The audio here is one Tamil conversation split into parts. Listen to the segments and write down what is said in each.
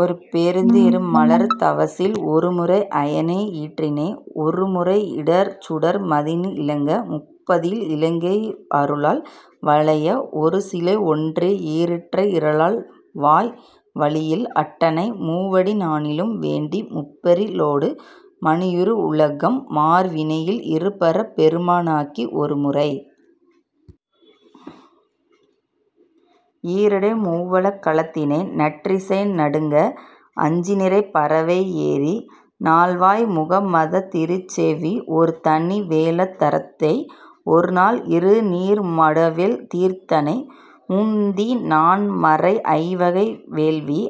ஒருபே ருந்தி யிருமலர்த் தவிசில், ஒருமுறை அயனை யீன்றனை, ஒருமுறை இருசுடர் மீதினி லியங்கா, மும்மதிள் இலங்கை யிருகால் வளைய, ஒருசிலை ஒன்றிய ஈரெயிற் றழல்வாய் வாளியில் அட்டனை, மூவடி நானிலம் வேண்டி, முப்புரி _லொடு மானுரி யிலங்கும். மார்வினில், இருபிறப் பொருமா ணாகி, ஒருமுறை யீரடி, மூவுல களந்தானை, நற்றிசை நடுங்க அஞ்சிறைப் பறவை ஏறி, நால்வாய் மும்மதத் திருசெவி ஒருதனி வேழத் தரந்தையை, ஒருநாள் இருநீர் மடுவுள் தீர்த்தனை, முத்தீ நான்மறை ஐவகை வேள்வி,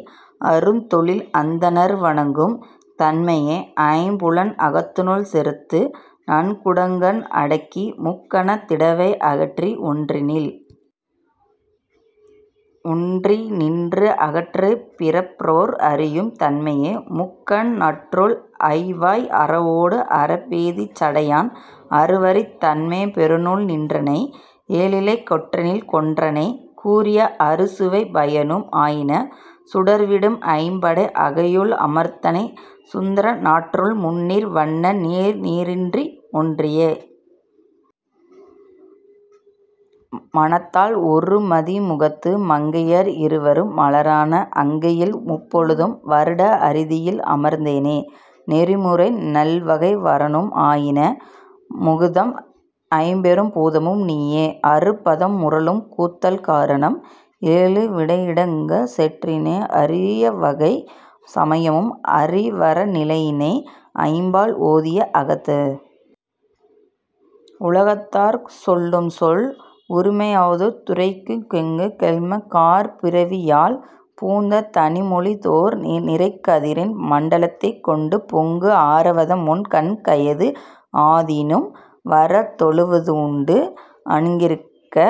அறுதொழில் அந்தணர் வணங்கும் தன்மையை, ஐம்புலன் அகத்தினுள் செறுத்து, நான்குடன் அடக்கி முக்குணத் திரண்டவை யகற்றி, ஒன்றினில் ஒன்றி நின்று, ஆங் கிருபிறப் பறுப்போர் அறியும் தன்மையை, முக்கண் நாற்றோள் ஐவாய் அரவோடு ஆறுபொதி சடையோன் அறிவருந் தன்மைப் பெருமையுள் நின்றனை, ஏழுல கெயிற்றினில் கொண்டனை, கூறிய அறுசுவைப் பயனும் ஆயினை, சுடர்விடும் ஐம்படை அங்கையுள் அமர்ந்தனை, சுந்தர நாற்றோள் முந்நீர் வண்ண, நின் ஈரடி ஒன்றிய மனத்தால், ஒருமதி முகத்து மங்கையர் இருவரும் மலரன, அங்கையில் முப்பொழுதும் வருட அறிதுயில் அமர்ந்தனை, நெறிமுறை நால்வகை வருணமும் ஆயினை, மேதகும் ஐம்பெரும் பூதமும் நீயே, அறுபதம் முரலும் கூந்தல் காரணம் ஏழ்விடை யடங்கச் செற்றனை, அறுவகைச் சமயமும் அறிவரு நிலையினை, ஐம்பால் ஓதியை அகத்து உலகதார் சொல்லும்சொல் ஒராமையாமாரதுவுரைக்கெங்கௌமெ காரார்ப்புரவியெழ் பூந்ததனியாழி தொர் நிரைகதிரொன் மண்டலதைக்கெண்டு புக்கு ஆராவமுதமண்கய்தி -- அதுனின்றும் வாரதொழிவதன்னுண்டு -- அகுனிர்க்க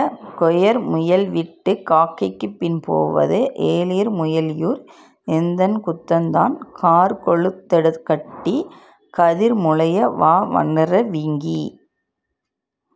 யெரார்முயல்விட்டு காக்கைப்பின் பொவதெ? எராயிளமுலயீர் எந்தனக்குத்ததுதான் காரார்க்குழலெடுதுக்கட்டி -- கதிர்முலயை வாராரவீக்கி